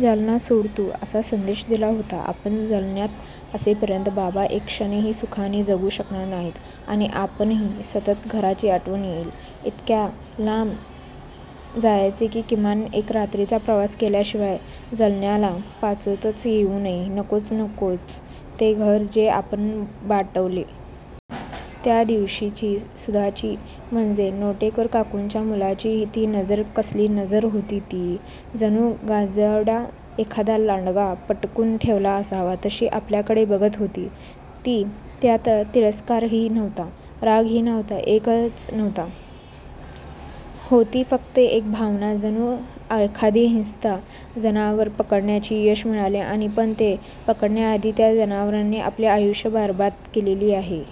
जालना सोड तू! असा संदेश दिला होता. आपण जालन्यात असेपर्यंत बाबा एक क्षणही सुखाने जगू शकणार नाहीत आणि आपणही! सतत घराची आठवण येईल. इतक्या लांब जायचे की किमान एका रात्रीचा प्रवास केल्याशिवाय जालन्याला पोचताच येऊ नये, नकोच-नकोच ते घर, जे आपण बाटवले. त्या दिवशीची सुधाची, म्हणजे नाटेकर काकूंच्या मुलीची ती नजर कसली नजर होती ती! जणू गजांआड एखादा लांडगा पकडून ठेवला असावा तशी आपल्याकडे बघत होती. ती त्यात तिरस्कारही नव्हता, रागही नव्हता, काहीच नव्हते! होती फक्त एक भावना, जणू एखादे हिंस्त जनावर पकडण्यात यश मिळाले आहे पण ते पकडण्याआधी त्या जनावराने आपले आयुष्य बरबाद केलेले आहे.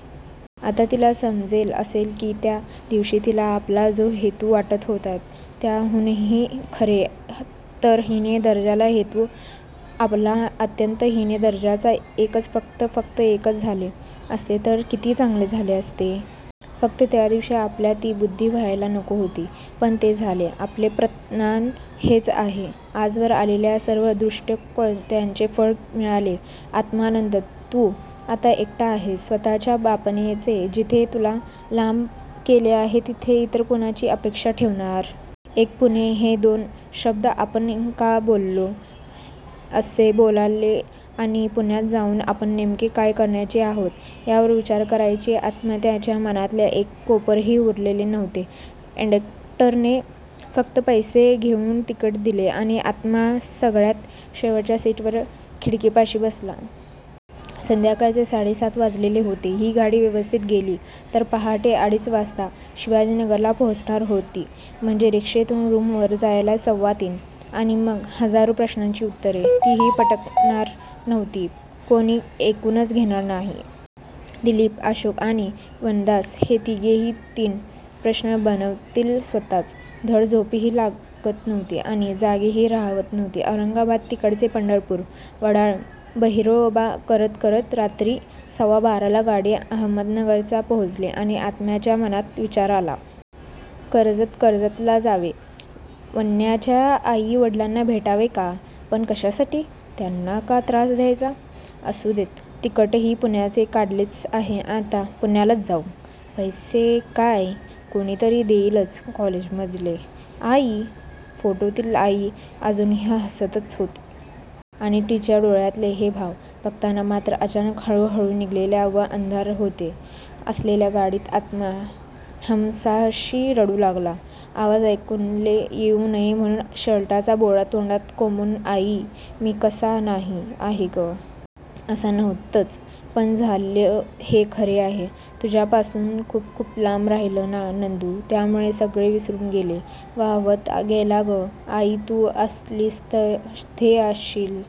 आता तिला समजले असेल! की त्या दिवशी तिला आपला जो हेतू वाटत होता त्याहूनहीखरे तर हीन दर्जाचा हेतू होता आपला अत्यंत हीन दर्जाचा एकच फक्त-फक्त एकच झाले असते तर किती चांगले झाले असते! फक्त, त्या दिवशी आपल्याला ती बुद्धी व्हायला नको होती. पण ते झाले! आपले प्राक्तन हेच आहे. आजवर केलेल्या सर्व दुष्कृत्यांचे फळ मिळाले. आत्मानंद? तू आता एकटा आहेस. स्वतःच्या बापानेच जिथे तुला लांब केले आहे तिथे इतर कुणाची अपेक्षा ठेवणार. 'एक पुणे' हे दोन शब्द आपण का बोललो, कसे बोललो आणि पुण्यात जाऊन आपण नेमके काय करणार आहोत यावर विचार करायला आत्म्याच्या मनातील एक कोपराही उरलेला नव्हता. कंडक्टरने फक्त पैसे घेऊन तिकीट दिले आणि आत्मा सगळ्यात शेवटच्या सीटवर खिडकीपाशी बसला! संध्याकाळचे साडे सात वाजलेले होते. ही गाडी व्यवस्थित गेली तर पहाटे अडीच वाजता शिवाजीनगरला पोचणार होती. म्हणजे रिक्षेतून रूमवर जायला सव्वा तीन! आणि मग, हजारो प्रश्नांची उत्तरे! तीही पटणार नाहीत. कुणी ऐकूनच घेणार नाही. दिलीप, अशोक आणि वनदास, हे तिघेही तीन प्रश्न बनतील स्वतःच! धड झोपही लागत नव्हती आणि जागेही राहावत नव्हते. औरंगाबाद, तिकडचे पंढरपूर, वडाळा बहिरोबा करत करत रात्री सव्वा बाराला गाडी अहमदनगरला पोचली आणि आत्म्याच्या मनात विचार आला. कर्जत, कर्जतला जावे? वन्याच्या आई वडिलांना भेटावे का? पण, कशासाठी? त्यांना का त्रास द्यायचा? असुदेत, तिकीटही पुण्याचे काढलेच आहे. आता पुण्यालाच जाऊ! पैसे काय? कुणीतरी देईलच कॉलेजमधले! आई! फोटोतील आई अजूनही हसतच होती. आणि, तिच्या डोळ्यातले ते भाव बघताना मात्र अचानकच, हळू-हळू निघालेल्या व अंधार होत असलेल्या गाडीत आत्मा हमसाहमशी रडू लागला. आवाज कुणाला येऊ नये म्हणून शर्टचा बोळा तोंडात कोंबून आई! मी असा नाही. आहे गं! असा नव्हतोच, पण झालो हे खरे आहे. तुझ्यापासून खूप-खूप लांब राहिला ना नंदू! त्यामुळे सगळे विसरून गेला. वाहवत गेला गं! आई, तू असशील तिथे असशील--